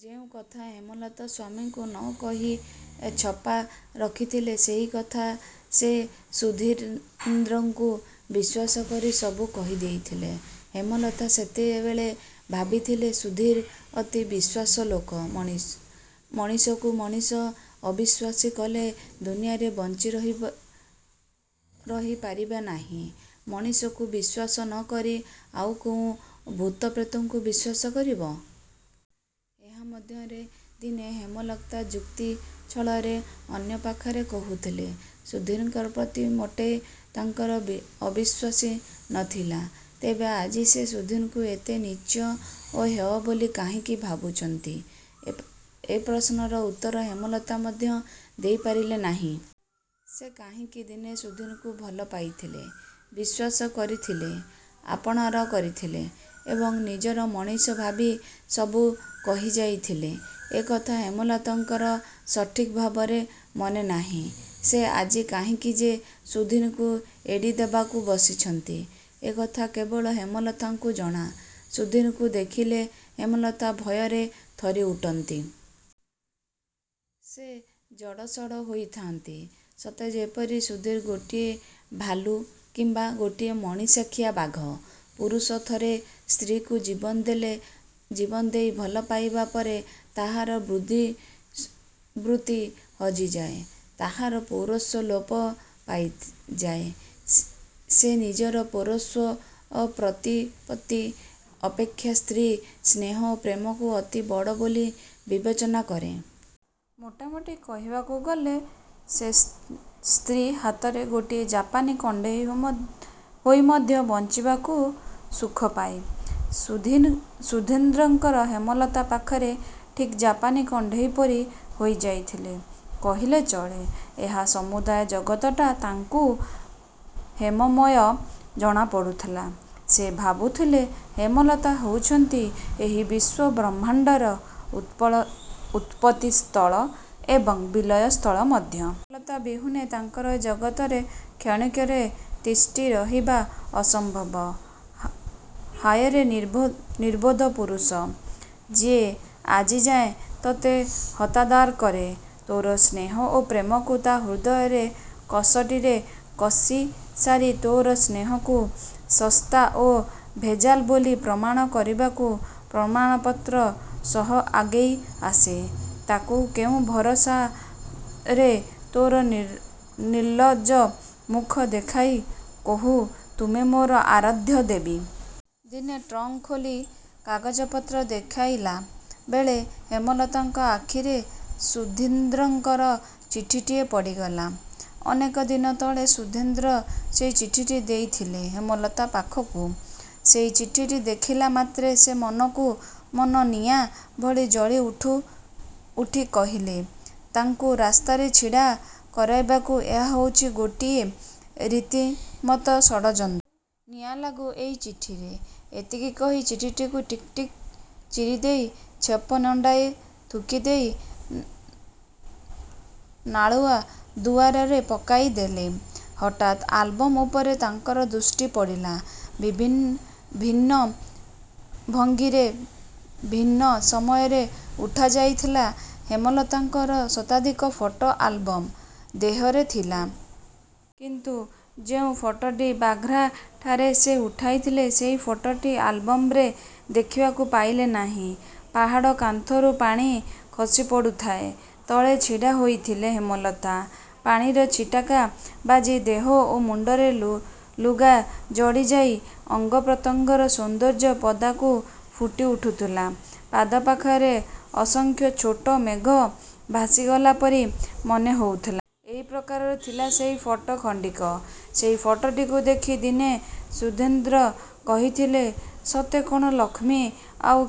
ଯେଉଁକଥା ହେମଲତା ସ୍ୱାମୀଙ୍କୁ ନ କହି ଛପାଇ ରଖିଥିଲେ, ସେହି କଥା ସେ ସୁଧୀନ୍ଦ୍ରକୁ ବିଶ୍ୱାସ କରି ସବୁ କହିଦେଇଥିଲେ। ହେମଲତା ସେତେବେଳେ ଭାବିଥିଲେ, ସୁଧୀନ୍ଦ୍ର ଅତି ବିଶ୍ୱାସୀ ଲୋକ। ମଣିଷକୁ ମଣିଷ ଅବିଶ୍ୱାସ କଲେ ଦୁନିଆରେ ବଞ୍ଚିରହି ପାରେନାହିଁ। ମଣିଷକୁ ବିଶ୍ୱାସ ନ କରି ଆଉ କ'ଣ ଭୂତପ୍ରେତକୁ ବିଶ୍ୱାସ କରିବ? ଏହା ମଧ୍ୟ ଦିନେ ହେମଲତା ଯୁକ୍ତି ଛଳରେ ଅନ୍ୟପାଖରେ କହୁଥିଲେ। ସୁଧୀନ୍ଦ୍ରଙ୍କ ପ୍ରତି ମୋଟେ ତାଙ୍କର ଅବିଶ୍ୱାସ ନ ଥିଲା। ତେବେ ଆଜି ସେ ସୁଧୀନ୍ଦ୍ରଙ୍କୁ ଏତେ ନୀଚ ଓ ହେୟ ବୋଲି କାହିଁକି ଭାବୁଛନ୍ତି? ଏ ପ୍ରଶ୍ନର ଉତ୍ତର ହେମଲତା ମଧ୍ୟ ଦେଇପାରିବେ ନାହିଁ। ସେ କାହିଁକି ଦିନେ ସୁଧୀନ୍ଦ୍ରକୁ ଭଲ ପାଇଥିଲେ, ବିଶ୍ୱାସ କରିଥିଲେ। ଆପଣାର କରିଥିଲେ ଏବଂ ନିଜର ମଣିଷ ଭାବି ସବୁ କହିଯାଇଥିଲେ, ଏକଥା ହେମଲତାଙ୍କର ସଠିକ୍ଭାବେ ମନେନାହିଁ। ସେ ଆଜି କାହିଁକି ଯେ। ସୁଧୀନ୍ଦ୍ରକୁ ଏଡ଼ିଦେବାକୁ ବସିଛନ୍ତି, ଏହିକଥା କେବଳ ହେମଲତାଙ୍କୁ ଜଣା। ସୁଧୀନ୍ଦ୍ରକୁ ଦେଖିଲେ ହେମଲତା ଭୟରେ ଥରିଉଠନ୍ତି। ସେ ଜଡ଼ସଡ଼ ହୋଇଯାଆନ୍ତି। ସତେଯେପରି ସୁଧୀନ୍ଦ୍ର ଗୋଟାଏ ଭାଲୁ କିମ୍ବା ଗୋଟାଏ ମଣିଷଖିଆ ବାଘ। ପୁରୁଷ ଥରେ ସ୍ତ୍ରୀକୁ ଜୀବନଦେଇ ଭଲ ପାଇଲା ପରେ ତା'ର ବୁଦ୍ଧିବୃତ୍ତି ହଜିଯାଏ। ତାହାର ପୌରୁଷ ଲୋପ ପାଇଯାଏ। ସେ ନିଜର ପୌରୁଷ ଓ ପ୍ରତିପତ୍ତି ଅପେକ୍ଷା ସ୍ତ୍ରୀର ସ୍ନେହ ଓ ପ୍ରେମକୁ ଅତି ବଡ଼ ବୋଲି ବିବେଚନା କରେ। ମୋଟାମୋଟି କହିବାକୁ ଗଲେ ସେ ସ୍ତ୍ରୀ ହାତରେ ଗୋଟାଏ ଜାପାନୀ କଣ୍ଢେଇ ହୋଇ ମଧ୍ୟ ବଞ୍ଚିବାକୁ ସୁଖପାଏ। ସୁଧୀନ୍ଦ୍ର ହେମଲତା ପାଖରେ ଠିକ୍ ଜାପାନୀ କଣ୍ଢେଇ ପରି ହୋଇଯାଇଥିଲେ କହିଲେ ଚଳେ। ଏ ସମୁଦାୟ ଜଗତଟା ତାଙ୍କୁ ହେମମୟ ଜଣାପଡ଼ୁଥିଲା। ସେ ଭାବୁଥିଲେ ହେମଲତା ହେଉଛନ୍ତି ଏହି ବିଶ୍ୱବ୍ରହ୍ମାଣ୍ଡର ଉତ୍ପତ୍ତି ସ୍ଥଳ ଏବଂ ବିଲୟ ସ୍ଥଳ ମଧ୍ୟ। ହେମଲତା ବିହୁନେ ତାଙ୍କର ଏ ଜଗତରେ କ୍ଷଣକେ ତିଷ୍ଠିପାରିବା ଅସମ୍ଭବ। ହାୟରେ ନିର୍ବୋଧ ପୁରୁଷ! ଯେ ଆଜି ତୋତେ ହତାଦର କରେ, ତୋର ସ୍ନେହ ଓ ପ୍ରେମକୁ ତା'ର ହୃଦୟ କଷଟିରେ କଷିସାରି ତୋର ସ୍ନେହକୁ ଶସ୍ତା ଓ ଭେଜାଲ ବୋଲି ପ୍ରମାଣ କରିବାକୁ ପ୍ରମାଣପତ୍ର ସହ ଆଗେଇଆସେ, ତାକୁ କେଉଁ ଭରସାରେ ତୋର ନିର୍ଲଜ ମୁଖ ଦେଖାଇ କହୁ, ''ତୁମେ ମୋର ଆରାଧ୍ୟ ଦେବୀ? '' ଦିନେ ଟ୍ରଙ୍କ୍ ଖୋଲି କାଗଜପତ୍ର ଖେଳାଇଲା ବେଳେ ହେମଲତାଙ୍କ ଆଖିରେ ସୁଧୀନ୍ଦ୍ରଙ୍କ ଚିଠିଟିଏ ପଡ଼ିଗଲା। ଅନେକ ଦିନ ତଳେ ସୁଧୀନ୍ଦ୍ର ସେହି ଚିଠିଟି ଦେଇଥିଲେ ହେମଲତାଙ୍କ ପାଖକୁ-। ସେ ଚିଠିଟି ଦେଖିଲା ମାତ୍ରେ ସେ ମନକୁ ମନ ନିଆଁ ଭଳି ଜଳିଉଠି କହିଲେ, ''ତାଙ୍କୁ ରାସ୍ତାରେ ଛିଡ଼ା କରାଇବାକୁ ଏହା ହେଉଛି ଗୋଟାଏ ରୀତିମତ ଷଡ଼ଯନ୍ତ୍ର। ନିଆଁଲାଗୁ ଏ ଚିଠିରେ। '' ଏତିକି କହି ଚିଠିଟିକୁ ଟିକି ଟିକି ଚିରିଦେଇ ଛେପ ନେଡ଼ାଏ ଥୁକିଦେଇ ନାଳୁଆ ଦୁଆରେ ପକାଇ ଦେଲେ। ହଠାତ୍ ଆଲବମ୍ ଉପରେ ତାଙ୍କ ଦୃଷ୍ଟି ପଡ଼ିଲା। ବିଭିନ୍ନ ଭଙ୍ଗିରେ, ବିଭିନ୍ନ ସମୟରେ ଉଠାଯାଇଥିବା ହେମଲତାଙ୍କ ଶତାଧିକ ଫଟୋ ଆଲବମ୍ ଦେହରେ ଥିଲା। କିନ୍ତୁ ଯେଉଁ ଫଟୋଟି ବାଗ୍ରାଠାରେ ସେ ଉପଠାଇଥିଲେ ସେହି ଫଟୋଟି ଆଲବମରେ ଦେଖିବାକୁ ପାଇଲେ ନାହିଁ। ପାହାଡ଼ କାନ୍ଥିରୁ ପାଣି ଖସିପଡ଼ୁଥାଏ। ତଳେ ଛିଡ଼ା ହୋଇଥିଲେ ହେମଲତା। ପାଣିର ଛିଟିକା ବାଜି ଦେହ ଓ ମୁଣ୍ଡରେ ଲୁଗା ଜଡ଼ିଯାଇ ଅଙ୍ଗପ୍ରତ୍ୟଙ୍ଗର ସୌନ୍ଦର୍ଯ୍ୟ ପଦାକୁ ଫୁଟିପଡ଼ୁଥିଲା। ପାଦ ପାଖରେ ଅସଂଖ୍ୟ ଛୋଟ ମେଘ ଭାସିଗଲାପରି ମନେହେଉଥିଲା। ଏହି ପ୍ରକାର ଥିଲା ସେ ଫଟୋ ଖଣ୍ଡିକ। ସେହି ଫଟୋଟିକୁ ଦେଖି ଦିନେ ସୁଧୀନ୍ଦ୍ର କହିଥିଲେ, ''ସତେ କ'ଣ ଲକ୍ଷ୍ମୀ ଆଉ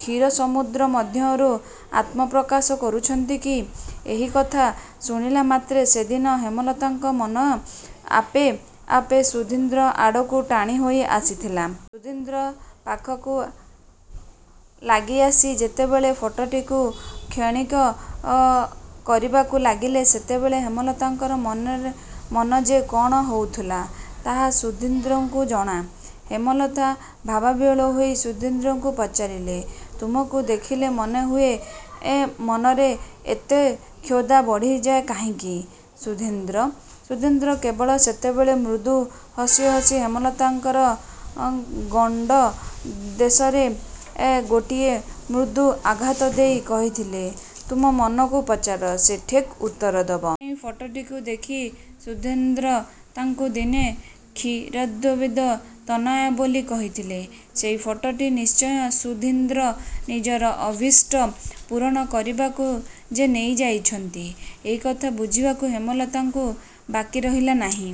କ୍ଷୀରସମୁଦ୍ର ମଧ୍ୟରୁ ଆତ୍ମପ୍ରକାଶ କରୁଛନ୍ତି କି? '' ଏହିକଥା ଶୁଣିଲାମାତ୍ରେ ସେଦିନ ହେମଲତାଙ୍କ ମନ ଆପେ ଆପେ ସୁଧୀନ୍ଦ୍ର ଆଡ଼କୁ ଟାଣିହୋଇ ଆସିଥିଲା। ସେ ସୁଧୀନ୍ଦ୍ର ପାଖକୁ ଲାଗିଆସି ଯେତେବେଳେ ଫଟୋଟିକୁ ନିରୀକ୍ଷଣ କରିବାକୁ ଲାଗିଲେ, ସେତେବେଳେ ହେମଲତାଙ୍କ ମନ ଯେ କ'ଣ ହେଉଥିଲା, ତାହା ସୁଧୀନ୍ଦ୍ରକୁ ଜଣା। ହେମଲତା ଭାବବିହ୍ୱଳ ହୋଇ ସୁଧୀନ୍ଦ୍ରକୁ ପଚାରିଲେ, ''ତୁମକୁ ଦେଖିଲେ ମନରେ ଏତେ କ୍ଷୁଧା ବଢ଼ିଯାଏ କାହିଁକି ସୁଧୀନ୍ଦ୍ର? '' ସୁଧୀନ୍ଦ୍ର କେବଳ ସେତେବେଳେ ମୃଦୁ ହସ ହସି ହେମଲତାର ଗଣ୍ଡ ଦେଶରେ ଗୋଟାଏ ମୃଦୁ ଆଘାତ ଦେଇ କହିଥିଲେ, ''ତମ ମନକୁ ପଚାର, ସେ ସଠିକ୍ ଉତ୍ତର ଦେବ। '' କେଉଁ ଫଟୋଟିକୁ ଦେଖି ସୁଧୀନ୍ଦ୍ର ତାଙ୍କୁ ଦିନେ କ୍ଷୀରାବ୍ଧି ତନୟା ବୋଲି କହିଥିଲେ ସେ ଫଟୋଟି ନିଶ୍ଚୟ ସୁଧୀନ୍ଦ୍ର ନିଜର ଅଭିଷ୍ଟ ପୂରଣ କରିବାକୁ ଯେ ନେଇଯାଇଛନ୍ତି, ଏହି କଥା ବୁଝିବାକୁ ହେମଲତାଙ୍କୁ ବାକିରହିଲା ନାହିଁ।